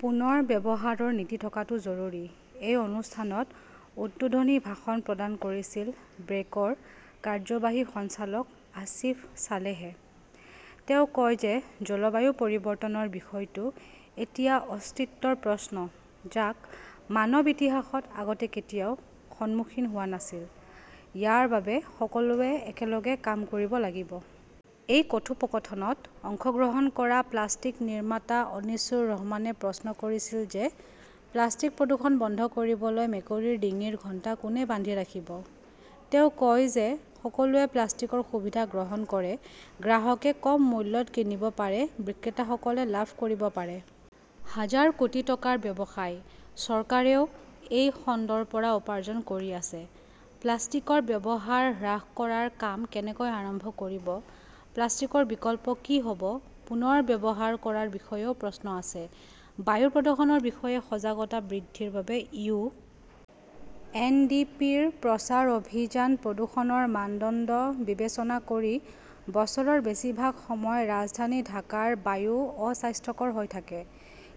পুনৰ্ব্যৱহাৰৰ নীতি থকাটো জৰুৰী। এই অনুষ্ঠানত উদ্বোধনী ভাষণ প্ৰদান কৰিছিল ব্ৰেকৰ কাৰ্যবাহী সঞ্চালক আসিফ সালেহে। তেওঁ কয় যে জলবায়ু পৰিৱৰ্তনৰ বিষয়টো এতিয়া অস্তিত্বৰ প্ৰশ্ন, যাক মানৱ ইতিহাসত আগতে কেতিয়াও সন্মুখীন হোৱা নাছিল। ইয়াৰ বাবে সকলোৱে একেলগে কাম কৰিব লাগিব। এই কথোপকথনত অংশগ্ৰহণ কৰা প্লাষ্টিক নিৰ্মাতা অনিছুৰ ৰহমানে প্ৰশ্ন কৰিছিল যে প্লাষ্টিক প্ৰদূষণ বন্ধ কৰিবলৈ 'মেকুৰীৰ ডিঙিৰ ঘণ্টা কোনে বান্ধি ৰাখিব । তেওঁ কয় যে সকলোৱে প্লাষ্টিকৰ সুবিধা গ্ৰহণ কৰে। গ্ৰাহকে কম মূল্যত কিনিব পাৰে, বিক্ৰেতাসকলে লাভ কৰিব পাৰে। হাজাৰ কোটি টকাৰ ব্যৱসায়। চৰকাৰেও এই খণ্ডৰ পৰা উপাৰ্জন কৰি আছে। প্লাষ্টিকৰ ব্যৱহাৰ হ্ৰাস কৰাৰ কাম কেনেকৈ আৰম্ভ কৰিব, প্লাষ্টিকৰ বিকল্প কি হ’ব, পুনৰ ব্যৱহাৰ কৰাৰ বিষয়েও প্ৰশ্ন আছে। বায়ু প্ৰদূষণৰ বিষয়ে সজাগতা বৃদ্ধিৰ বাবে ইউ. এন ডি পি ৰ প্ৰচাৰ অভিযান প্ৰদূষণৰ মানদণ্ড বিবেচনা কৰি বছৰৰ বেছিভাগ সময় ৰাজধানী ঢাকাৰ বায়ু অস্বাস্থ্যকৰ হৈ থাকে।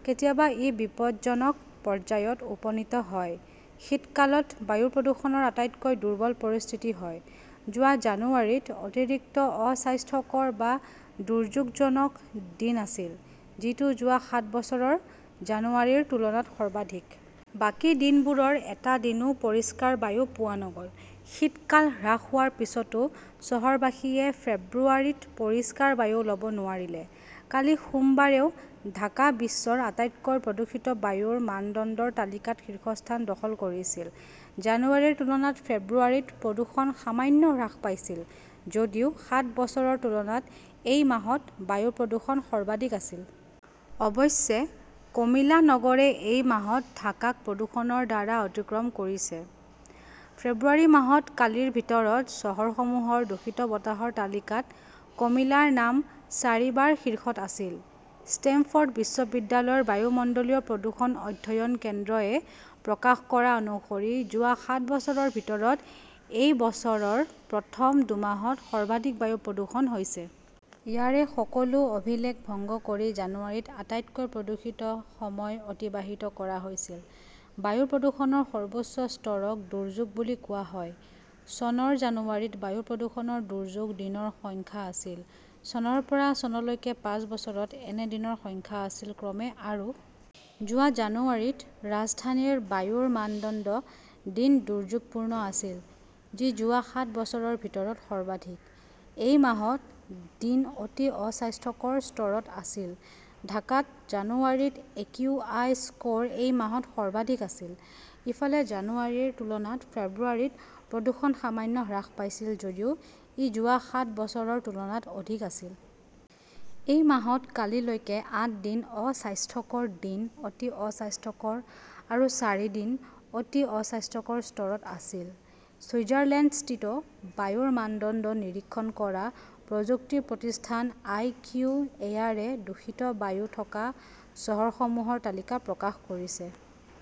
কেতিয়াবা ই বিপদজনক পৰ্যায়ত উপনীত হয়। শীতকালত বায়ু প্ৰদূষণৰ আটাইতকৈ দুৰ্বল পৰিস্থিতি হয়। যোৱা জানুৱাৰীত অতিৰিক্ত অস্বাস্থ্যকৰ বা দুৰ্যোগজনক দিন আছিল, যিটো যোৱা সাত বছৰৰ জানুৱাৰীৰ তুলনাত সৰ্বাধিক। বাকী দিনবোৰৰ এটা দিনও পৰিষ্কাৰ বায়ু পোৱা নগ’ল। শীতকাল হ্ৰাস হোৱাৰ পিছতো চহৰবাসীয়ে ফেব্ৰুৱাৰীত পৰিষ্কাৰ বায়ু ল’ব নোৱাৰিলে। কালি সোমবাৰেও ঢাকা বিশ্বৰ আটাইতকৈ প্ৰদূষিত বায়ুৰ মানদণ্ডৰ তালিকাত শীৰ্ষস্থান দখল কৰিছিল। জানুৱাৰীৰ তুলনাত ফেব্ৰুৱাৰীত প্ৰদূষণ সামান্য হ্ৰাস পাইছিল যদিও সাত বছৰৰ তুলনাত এই মাহত বায়ু প্ৰদূষণ সৰ্বাধিক আছিল। অৱশ্যে, কমিলা নগৰে এই মাহত ঢাকাক প্ৰদূষণৰ দ্বাৰা অতিক্ৰম কৰিছে। ফেব্ৰুৱাৰী মাহত কালিৰ ভিতৰত চহৰসমূহৰ দূষিত বতাহৰ তালিকাত কমিলাৰ নাম চাৰিবাৰ শীৰ্ষত আছিল। ষ্টেমফৰ্ড বিশ্ববিদ্যালয়ৰ বায়ুমণ্ডলীয় প্ৰদূষণ অধ্যয়ন কেন্দ্ৰ এ প্ৰকাশ কৰা অনুসৰি যোৱা সাত বছৰৰ ভিতৰত এই বছৰৰ প্ৰথম দুমাহত সৰ্বাধিক বায়ু প্ৰদূষণ হৈছে। ইয়াৰে সকলো অভিলেখ ভংগ কৰি জানুৱাৰীত আটাইতকৈ প্ৰদূষিত সময় অতিবাহিত কৰা হৈছিল। বায়ু প্ৰদূষণৰ সৰ্বোচ্চ স্তৰক দুৰ্যোগ বুলি কোৱা হয়। চনৰ জানুৱাৰীত বায়ু প্ৰদূষণৰ দুৰ্যোগ দিনৰ সংখ্যা আছিল। চনৰ পৰা চনলৈকে পাঁচ বছৰত এনে দিনৰ সংখ্যা আছিল ক্ৰমে, আৰু। যোৱা জানুৱাৰীত ৰাজধানীৰ বায়ুৰ মানদণ্ড দিন দুৰ্যোগপূৰ্ণ আছিল, যি যোৱা সাত বছৰৰ ভিতৰত সৰ্বাধিক। এই মাহত দিন অতি অস্বাস্থ্যকৰ স্তৰত আছিল। ঢাকাত জানুৱাৰীত একিউআই স্কৰ এই মাহত সৰ্বাধিক আছিল। ইফালে, জানুৱাৰীৰ তুলনাত ফেব্ৰুৱাৰীত প্ৰদূষণ সামান্য হ্ৰাস পাইছিল যদিও ই যোৱা সাত বছৰৰ তুলনাত অধিক আছিল। এই মাহত কালি লৈকে আঠ দিন অস্বাস্থ্যকৰ, দিন অতি অস্বাস্থ্যকৰ আৰু চাৰিদিন অতি অস্বাস্থ্যকৰ স্তৰত আছিল। ছুইজাৰলেণ্ডস্থিত বায়ুৰ মানদণ্ড নিৰীক্ষণ কৰা প্ৰযুক্তি প্ৰতিষ্ঠান আইকিউ এয়াৰে দূষিত বায়ু থকা চহৰসমূহৰ তালিকা প্ৰকাশ কৰিছে।